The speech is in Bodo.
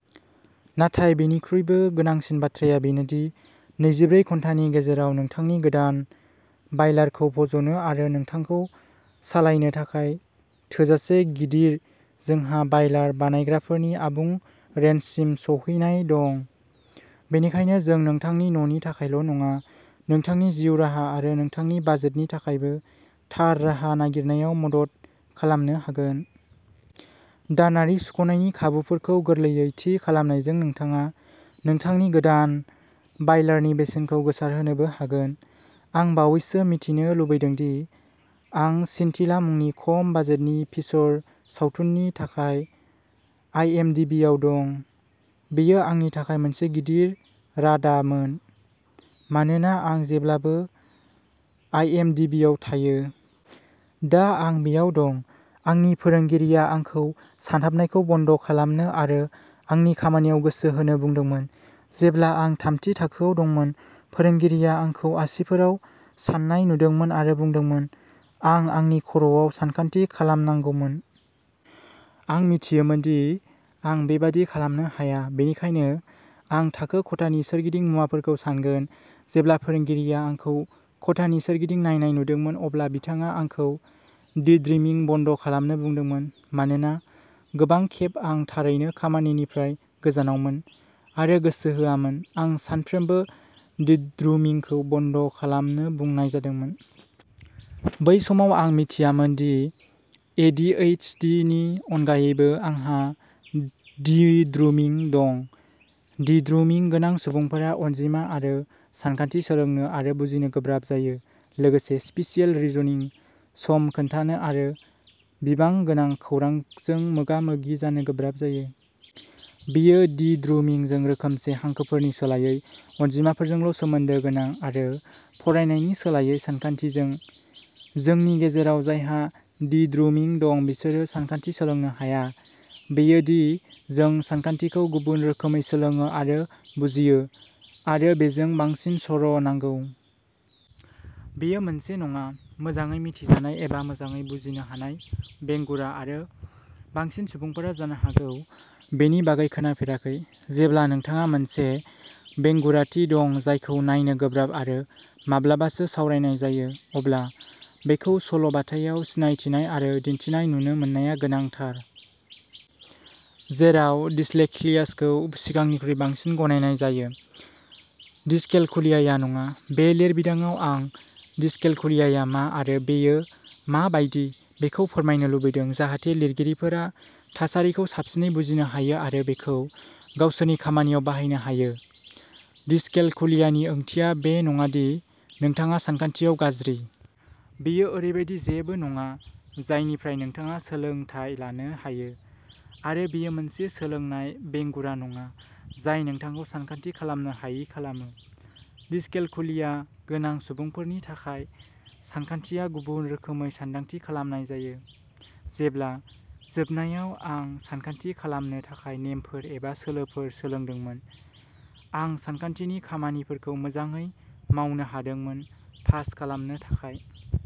नाथाय बेनिख्रुइबो गोनांसिन बाथ्राया बेनो दि नैजिब्रै घन्टानि गेजेराव नोंथांनि गोदान बायलारखौ फज'नो आरो नोंथांखौ सालायनो थाखाय थोजासे गिदिर। जोंहा बायलार बानायग्राफोरनि आबुं रेन्जसिम सौहैनाय दं, बेनिखायनो जों नोंथांनि न'नि थाखायल' नङा, नोंथांनि जिउ राहा आरो नोंथांनि बाजेटनि थाखायबो थार राहा नागिरनायाव मदद खालामनो हागोन। दानारि सुख'नायनि खाबुफोरखौ गोरलैयै थि खालामनायजों नोंथाङा नोंथांनि गोदान बायलारनि बेसेनखौ गोसारहोनोबो हागोन। आं बावैसो मिथिनो लुबैदों दि आं सिनटिला मुंनि खम बाजेटनि फीचर सावथुननि थाखाय आइएमडिबिआव दं। बेयो आंनि थाखाय मोनसे गिदिर रादामोन, मानोना आं जेब्लाबो आइएमडिबिआव थायो। दा आं बेयाव दं। आंनि फोरोंगिरिआ आंखौ सानहाबनायखौ बन्द' खालामनो आरो आंनि खामानियाव गोसो होनो बुंदोंमोन। जेब्ला आं थामथि थाखोआव दंमोन, फोरोंगिरिया आंखौ आसिफोराव सान्नाय नुदोंमोन आरो बुंदोंमोन। आं आंनि खर'आव सानखान्थि खालामनांगौमोन। आं मिथियोमोन दि आं बेबादि खालामनो हाया, बेनिखायनो आं थाखो खथानि सोरगिदिं मुवाफोरखौ सानगोन। जेब्ला फोरोंगिरिआ आंखौ खथानि सोरगिदिं नायनाय नुदोंमोन, अब्ला बिथाङा आंखौ दिद्रिमिं बन्द' खालामनो बुंदोंमोन। मानोना गोबां खेब आं थारैनो खामानिनिफ्राय गोजानावमोन आरो गोसो होआमोन, आं सानफ्रोमबो दिद्रुमिंखौ बन्द' खालामनो बुंनाय जादोंमोन। बै समाव आं मिथियामोनदि, ए डि ओइस डि नि अनगायैबो, आंहा दिद्रुमिं दं। दिद्रुमिं गोनां सुबुंफोरा अनजिमा आरो सानखान्थि सोलोंनो आरो बुजिनो गोब्राब जायो, लोगोसे स्पेसियेल रिजनिं, सम खोन्थानो आरो बिबां गोनां खौरांजों मोगा-मोगि जानो गोब्राब जायो। बेयो दिद्रुमिंजों रोखोमसे, हांखोफोरनि सोलायै अनजिमाफोरजोंल' सोमोन्दो गोनां, आरो फरायनायनि सोलायै सानखान्थिजों। जोंनि गेजेराव जायहा दिद्रुमिं दं बिसोरो सानखान्थि सोलोंनो हाया; बेयो दि जों सानखान्थिखौ गुबुन रोखोमै सोलोङो आरो बुजियो आरो बेजों बांसिन सर' नांगौ। बेयो मोनसे नङा। मोजाङै मिथिजानाय एबा मोजाङै बुजिनो हानाय बेंगुरा, आरो बांसिन सुबुंफोरा जानो हागौ बेनि बागै खोनाफेराखै। जेब्ला नोंथांहा मोनसे बेंगुराथि दं जायखौ नायनो गोब्राब आरो माब्लाबासो सावरायनाय जायो, अब्ला बेखौ सल' बाथायाव सिनायथिनाय आरो दिन्थिनाय नुनो मोननाया गोनांथार। जेराव डिस्लेक्सियाखौ सिगांनिख्रुइ बांसिन गनायनाय जायो, डिसकेलकुलियाआ नङा। बे लिरबिदांआव, आं डिसकेलकुलियाआ मा आरो बेयो मा बायदि, बेखौ फोरमायनो लुबैदों, जाहाथे लिरगिरिफोरा थासारिखौ साबसिनै बुजिनो हायो आरो बेखौ गावसोरनि खामानियाव बाहायनो हायो। डिसकेलकुलियानि ओंथिया बे नङा दि नोंथाङा सानखान्थियाव गाज्रि। बेयो ओरैबायदि जेबो नङा जायनिफ्राय नोंथाङा सोलोंथाय लानो हायो। आरो बेयो मोनसे सोलोंनाय बेंगुरा नङा जाय नोंथांखौ सानखान्थि खालामनो हायि खालामो। डिसकेलकुलिया गोनां सुबुंफोरनि थाखाय, सानखान्थिखौ गुबुन रोखोमै सानदांथि खालामनाय जायो। जेब्ला, जोबनायाव, आं सानखान्थि खालामनो थाखाय नेमफोर एबा सोलोफोर सोलोंदोंमोन, आं सानखान्थिनि खामानिफोरखौ मोजाङै मावनो हादोंमोन, पास खालामनो थाखाय।